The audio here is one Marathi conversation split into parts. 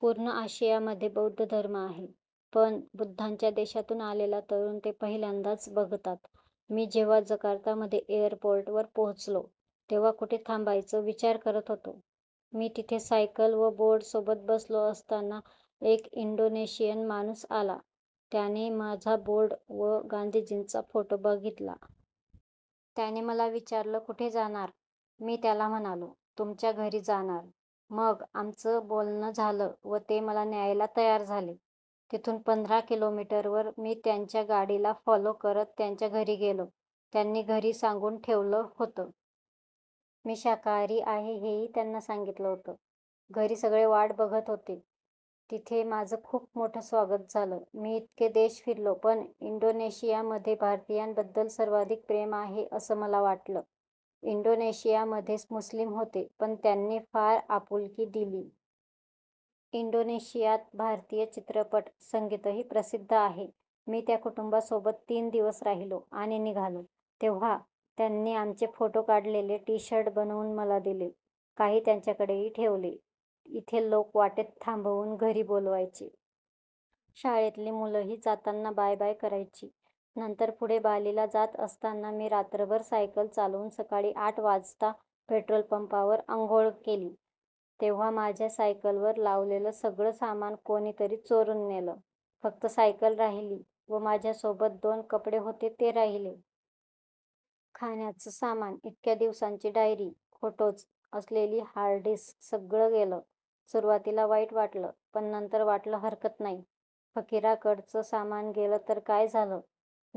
पूर्ण आशियामध्ये बौद्ध धर्म आहे, पण बुद्धांच्या देशातून आलेला तरुण ते पहिल्यांदाच बघतात. मी जेव्हा जकार्तामध्ये एअरपोर्टवर पोहोचलो, तेव्हा कुठे थांबायचं विचार करत होतो. मी तिथे सायकल व बोर्डसोबत बसलो असताना एक इंडोनेशियन माणूस आला, त्याने माझा बोर्ड व गांधीजींचा फोटो बघितला. त्याने मला विचारलं कुठे जाणार? मी त्याला म्हणालो तुमच्या घरी जाणार. मग आमचं बोलणं झालं व ते मला न्यायला तयार झाले. तिथून पंधरा किलोमीटरवर मी त्यांच्या गाडीला फॉलो करत त्यांच्या घरी गेलो. त्यांनी घरी सांगून ठेवलं होतं. मी शाकाहारी आहे, हेही त्यांना सांगितलं होतं. घरी सगळे वाट बघत होते. तिथे माझं खूप मोठं स्वागत झालं. मी इतके देश फिरलो पण इंडोनेशियामध्ये भारतीयांबद्दल सर्वाधिक प्रेम आहे असं मला वाटलं. इंडोनेशियामध्ये मुस्लीम होते पण त्यांनी फार आपुलकी दिली. इंडोनेशियात भारतीय चित्रपट, संगीतही प्रसिद्ध आहे. मी त्या कुटुंबासोबत तीन दिवस राहिलो आणि निघालो तेव्हा त्यांनी आमचे फोटो काढलेले टी शर्ट बनवून मला दिले. काही त्यांच्याकडेही ठेवले. इथे लोक वाटेत थांबवून घरी बोलवायचे. शाळेतली मुलंही जाताना बाय बाय करायची. नंतर पुढे बालीला जात असताना मी रात्रभर सायकल चालवून सकाळी आठ वाजता पेट्रोलपंपावर आंघोळ केली. तेव्हा माझ्या सायकलवर लावलेलं सगळं सामान कोणी तरी चोरून नेलं. फक्त सायकल राहिली व माझ्यासोबत दोन कपडे होते ते राहिले. खाण्याचं सामान, इतक्या दिवसांची डायरी, फोटोज असलेली हार्ड डिस्क सगळं गेलं. सुरुवातीला वाईट वाटलं, पण नंतर वाटलं हरकत नाही. फकिराकडचं सामान गेलं तर काय झालं.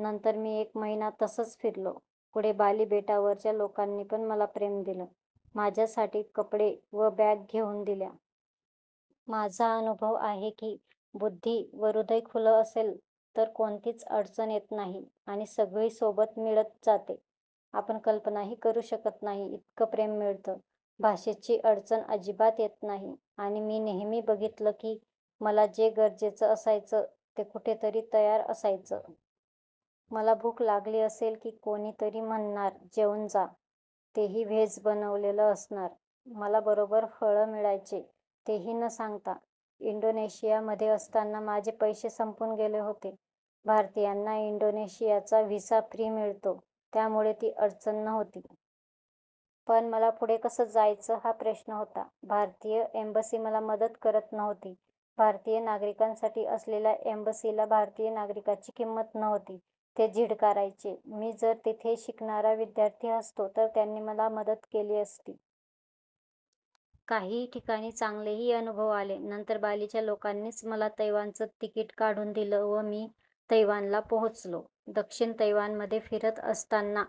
नंतर मी एक महिना तसंच फिरलो. पुढे बाली बेटावरच्या लोकांनीपण मला प्रेम दिलं, माझ्यासाठी कपडे व बॅग घेऊन दिल्या. माझा अनुभव आहे की, बुद्धी व हृदय खुलं असेल तर कोणतीच अडचण येत नाही आणि सगळी सोबत मिळत जाते. आपण कल्पनाही करू शकत नाही इतकं प्रेम मिळतं. भाषेची अडचण अजिबात येत नाही. आणि मी नेहमी बघितलं की, मला जे गरजेचं असायचं ते कुठे तरी तयार असायचं. मला भूक लागली असेल की कोणी तरी म्हणणार जेवून जा. तेही व्हेज बनवलेलं असणार. मला बरोबर फळं मिळायचे. तेही न सांगता. इंडोनेशियामध्ये असताना माझे पैसे संपून गेले होते. भारतीयांना इंडोनेशियाचा व्हिसा फ्री मिळतो, त्यामुळे ती अडचण नव्हती. पण मला पुढे कसं जायचं हा प्रश्न होता. भारतीय एंबसी मला मदत करत नव्हती. भारतीय नागरिकांसाठी असलेल्या एंबसीला भारतीय नागरिकाची किंमत नव्हती. ते झिडकारायचे. मी जर तिथे शिकणारा विद्यार्थी असतो तर त्यांनी मदत केली असती. काही ठिकाणी चांगलेही अनुभव आले. नंतर बालीच्या लोकांनीच मला तैवानचं तिकीट काढून दिलं व मी तैवानला पोहोचलो. दक्षिण तैवानमध्ये फिरत असताना